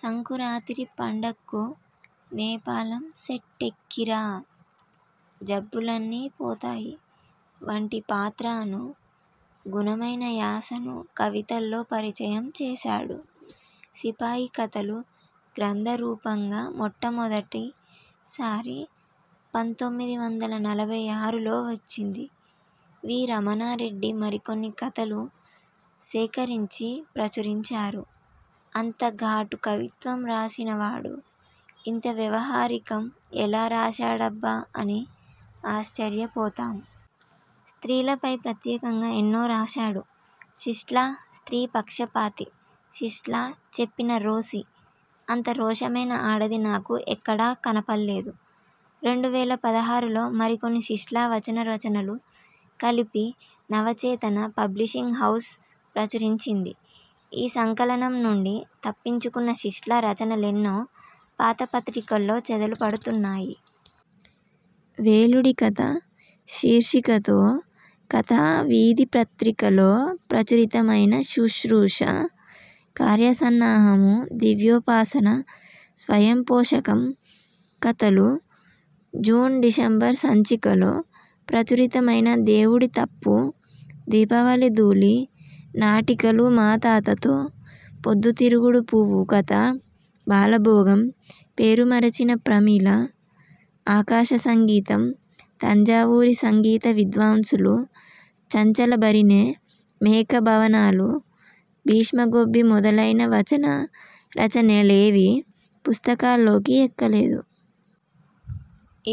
సంకురాతిరి పండక్కు నేపాళం సెట్టెక్కిరా! జబ్బులన్నీ పోతాయి! వంటి పాత్రాను గుణమైన యాసను కవితల్లో పరిచయం చేశాడు. సిపాయి కథలు గ్రంథ రూపంగా మొట్టమొదటి సారి పంతొమ్మిది వందల నలభై ఆరులో వచ్చింది. వి. రమణా రెడ్డి మరికొన్ని కథలు సేకరించి ప్రచురించారు. అంత ఘాటు కవిత్వం రాసిన వాడు ఇంత వ్యావహారికం ఎలా రాశాడబ్బా అని ఆశ్చర్య పోతాం. స్త్రీల పై ప్రత్యేకంగా ఎన్నో రాశాడు. శిష్ట్లా స్త్రీ పక్షపాతి. శిష్ట్లా చెప్పిన రోసి అంత రోషమైన ఆడది నాకు ఎక్కడా కనపళ్ళేదు. రెండు వేల పదహారులో మరికొన్ని శిష్ట్లా వచన రచనలు కలిపి నవ చేతన పబ్లిషింగ్ హౌస్ ప్రచురించింది. ఈ సంకలనం నుండి తప్పించు కున్న శిష్ట్లా రచన లెన్నో పాత పత్రికల్లో చెదలు పడుతున్నాయ్. వేలుడికథ శీర్షికతో కథా వీథి పత్రిక లో ప్రచురితమైన శుశ్రూష, కార్యసన్నాహము, దివ్యోపాసన, స్వయం పోషకం కథలు జూన్, డిశంబర్ సంచికలో ప్రచురితమైన దేవుడి తప్పు, దీపావళి ధూళి నాటికలు మాతాతతో, పొద్దు తిరుగుడు పువ్వు కథ, బాల భోగం, పేరు మరిచిన ప్రమీళ, ఆకాశసంగీతం, తంజావూరి సంగీత విద్వాంసులు, చంచల బరిణె, మేఖ భవనాలు, భీష్మగొబ్బి మొదలైన వచన రచనలేవీ పుస్తకాల్లోకి ఎక్కలేదు.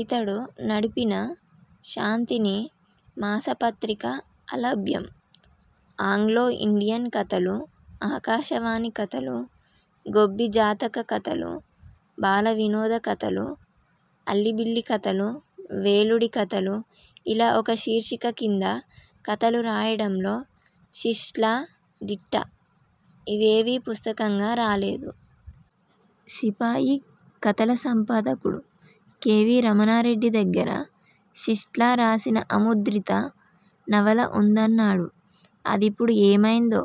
ఇతడు నడిపిన 'శాంతిని' మాస పత్రిక అలభ్యం. ఆంగ్లో ఇండియన్ కథలు, ఆకాశ వాణి కథలు, గొబ్బి జాతక కథలు, బాల వినోద కథలు, అల్లిబిల్లి కథలు, వేలుడి కథలు ఇలా ఒక శీర్షిక కింద కథలు రాయడంలో శిష్ట్లా దిట్ట. ఇవేవీ పుస్తకంగా రాలేదు. సిపాయి కథల సంపాదకుడు కె. వి. రమణారెడ్డి దగ్గర శిష్ ట్లా రాసిన అముద్రిత నవల ఉందన్నాడు. అదిప్పుడు ఏమైందో.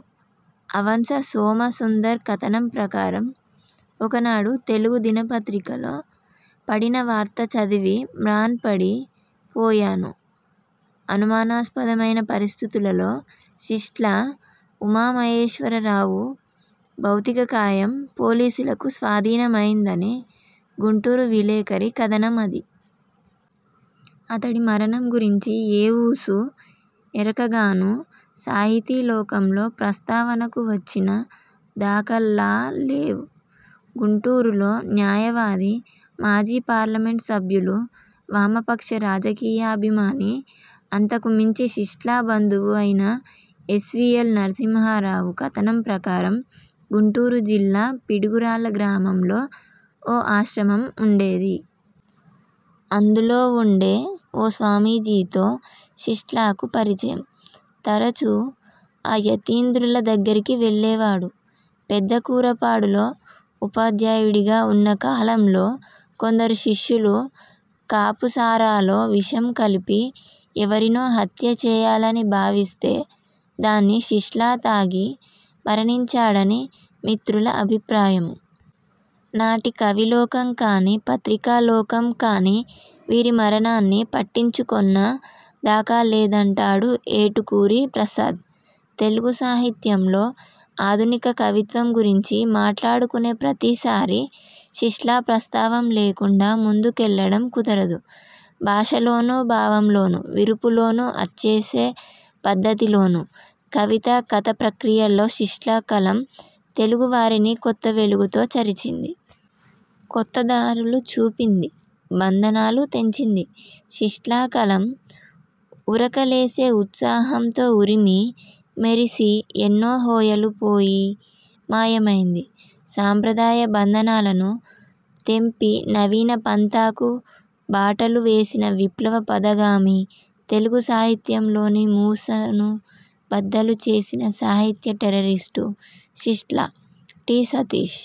ఆవంత్స సోమ సుందర్ కథనం ప్రకారం ఒకనాడు తెలుగు దిన పత్రికలో పడిన వార్త చదివి మ్రాన్పడి పోయాను. అనుమానాస్పదమైన పరిస్థితులలో శిష్ట్లా ఉమామహేశ్వర రావు భౌతిక కాయం పోలీసులకు స్వాధీన మైందని గుంటూరు విలేఖరి కథనమది. అతడి మరణం గురించి ఏ ఊసూ, ఏరకంగానూ సాహితీ లోకంలో ప్రస్తావనకు వచ్చిన దాఖలాల్లేవ్. గుంటూరులో న్యాయ వాది, మాజీ పార్లమెంట్ సభ్యులు, వామపక్ష రాజకీ యాభిమాని, అంతకు మించి శిష్ట్లా బంధువు అయిన ఎస్వీఎల్ నరసింహా రావు కథనం ప్రకారం, గుంటూరు జిల్లా పిడుగు రాళ్ళ గ్రామంలో ఓ ఆశ్రమం ఉండేది. అందులో వుండే ఓ స్వామీజీతో శిష్ట్లాకు పరిచయం. తరచూ ఆ యతీంద్రుల దగ్గరికి వెళ్ళేవాడు. పెద్ద కూరపాడు లో ఉపాధ్యాయుడిగా ఉన్న కాలంలో కొందరు శిష్యులు కాపు సారాలో విషం కలిపి ఎవరినో హత్య చెయ్యాలని భావిస్తే దాన్ని శిష్ట్లా తాగి మరణించాడని మిత్రుల అభిప్రాయం. నాటి కవి లోకం కానీ, పత్రికా లోకం కానీ వీరి మరణాన్ని పట్టించుకొన్న దాఖలా లేదం టాడు ఏటుకూరి ప్రసాద్. తెలుగు సాహిత్యంలో ఆధునిక కవిత్వం గురించి మాట్లాడుకునే ప్రతిసారీ శిష్ట్లా ప్రస్తావన లేకండా ముందు కెళ్లడం కుదరదు. భాషలోనూ, భావం లోనూ, విరుపు లోనూ, అచ్చేసే పద్ధతి లోనూ కవిత, కథ ప్రక్రియల్లో శిష్ట్లా కలం తెలుగు వారిని కొత్త వెలుగుతో చరిచింది. కొత్త దారులు చూపింది. బంధనాలు తెంచింది. శిష్ట్లా కలం ఉరక లేసే ఉత్సాహంతో ఉరిమి, మెరిసి, ఎన్నో హొయలు పోయి, మాయమైంది. సంప్రదాయ బంధనాలను తెంపి నవీన పంథాకు బాటలు వేసిన విప్లవ పథగామి, తెలుగు సాహిత్యంలోని మూసను బద్దలు చేసిన సాహిత్య టెర్రరిస్టు శిష్ట్లా. టి. సతీశ్